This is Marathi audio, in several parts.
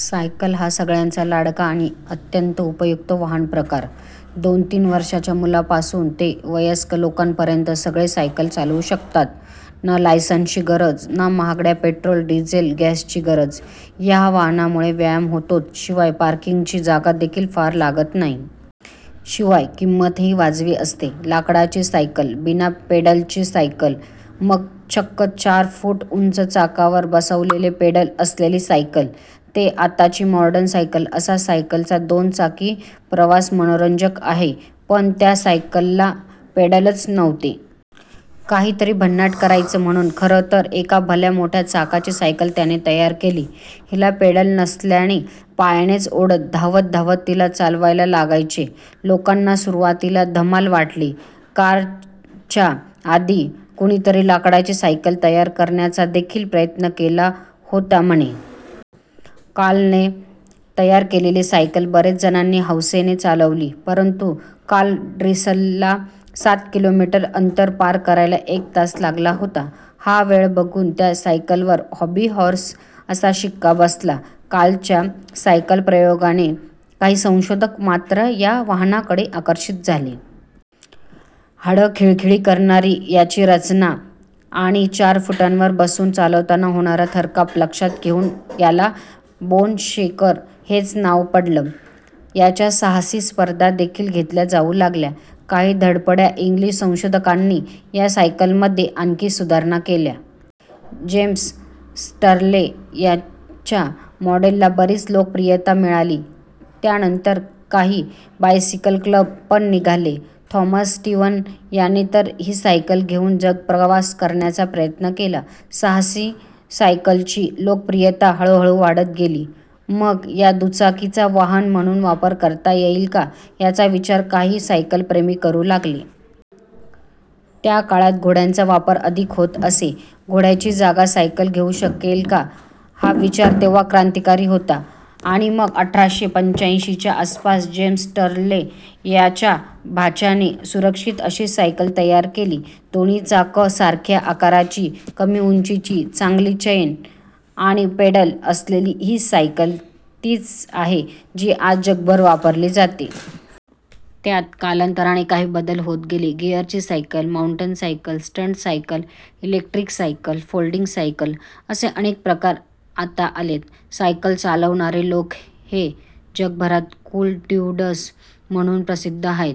सायकल हा सगळ्यांचा लाडका आणि अत्यंत उपयुक्त वाहन प्रकार! दोन-तीन वर्षांच्या मुलापासून ते वयस्क लोकांपर्यंत सगळे सायकल चालवू शकतात. ना लायसन्सची गरज, ना महागड्या पेट्रोल, डिझेल, गॅसची गरज! या वाहनामुळे व्यायाम होतोच; शिवाय पार्किंगची जागादेखील फार लागत नाही. शिवाय किंमतही वाजवी असते. लाकडाची सायकल, बिना पेडलची सायकल, मग चक्क चार फूट उंच चाकावर बसवलेले पेडल असलेली सायकल ते आताची मॉडर्न सायकल असा सायकलचा दोन चाकी प्रवास मनोरंजक आहे. पण त्या सायकलला पेडलच नव्हते! काहीतरी भन्नाट करायचं म्हणून खरं तर एका भल्या मोठ्या चाकाची सायकल त्याने तयार केली. हिला पेडल नसल्याने पायानेच ओढत, धावत-धावत तिला चालवायला लागायचे. लोकांना सुरुवातीला धमाल वाटली. कार्लच्या आधी कुणीतरी लाकडाची सायकल तयार करण्याचादेखील प्रयत्न केला होता म्हणे! कार्लने तयार केलेली सायकल बरेच जणांनी हौसेने चालवली. परंतु कार्ल ड्रिसला सात किलोमीटर अंतर पार करायला एक तास लागला होता! हा वेळ बघून त्या सायकलवर 'हॉबी हॉर्स' असा शिक्का बसला! कार्लच्या सायकल प्रयोगाने काही संशोधक मात्र या वाहनाकडे आकर्षित झाले. हाडं खिळखिळी करणारी याची रचना आणि चार फुटांवर बसून चालवताना होणारा थरकाप लक्षात घेऊन याला 'बोनशेकर' हेच नाव पडलं. याच्या साहसी स्पर्धा देखील घेतल्या जाऊ लागल्या. काही धडपड्या इंग्लिश संशोधकांनी या सायकलमध्ये आणखी सुधारणा केल्या. जेम्स स्टरले याच्या मॉडेलला बरीच लोकप्रियता मिळाली. त्यानंतर काही 'बायसिकल क्लब' पण निघाले. थॉमस स्टीव्हन याने तर ही सायकल घेऊन जगप्रवास करण्याचा प्रयत्न केला. साहसी सायकलींची लोकप्रियता हळूहळू वाढत गेली. मग या दुचाकीचा 'वाहन' म्हणून वापर करता येईल का, याचा विचार काही सायकलप्रेमी करू लागले. त्या काळात घोड्यांचा वापर अधिक होत असे. घोड्याची जागा सायकल घेऊ शकेल का, हा विचार तेव्हा क्रांतिकारी होता. आणि मग अठराशे पंच्याऐंशीच्या आसपास जेम्स स्टरले याच्या भाच्याने सुरक्षित अशी सायकल तयार केली. दोन्ही चाकं सारख्या आकाराची, कमी उंचीची, चांगली चेन आणि पेडल असलेली ही सायकल तीच आहे, जी आज जगभर वापरली जाते. त्यात कालांतराने काही बदल होत गेले. गिअरची cycle, mountain cycle, stunt cycle, electric cycle, folding cycle असे अनेक प्रकार आता आलेत. सायकल चालवणारे लोक हे जगभरात 'कूल ड्युड्स' म्हणून प्रसिद्ध आहेत.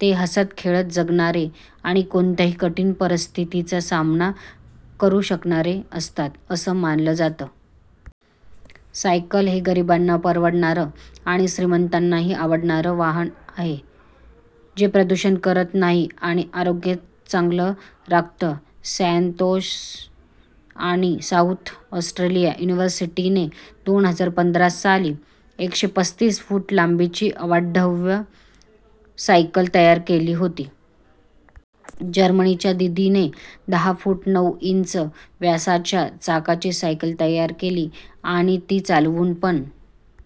ते हसत-खेळत जगणारे आणि कोणत्याही कठीण परिस्थितीचा सामना करू शकणारे असतात, असं मानलं जातं. सायकल हे गरिबांना परवडणारं आणि श्रीमंतांनाही आवडणारं वाहन आहे, जे प्रदूषण करत नाही आणि आरोग्य चांगलं राखतं. सॅनतोस आणि साऊथ ऑस्ट्रेलिया युनिव्हर्सिटीने दोन हजार पंधरा साली एकशे पस्तीस फूट लांबीची अवाढव्य सायकल तयार केली होती. जर्मनीच्या दीदीने दहा फूट नऊ इंच व्यासाच्या चाकाची सायकल तयार केली आणि ती चालवून पण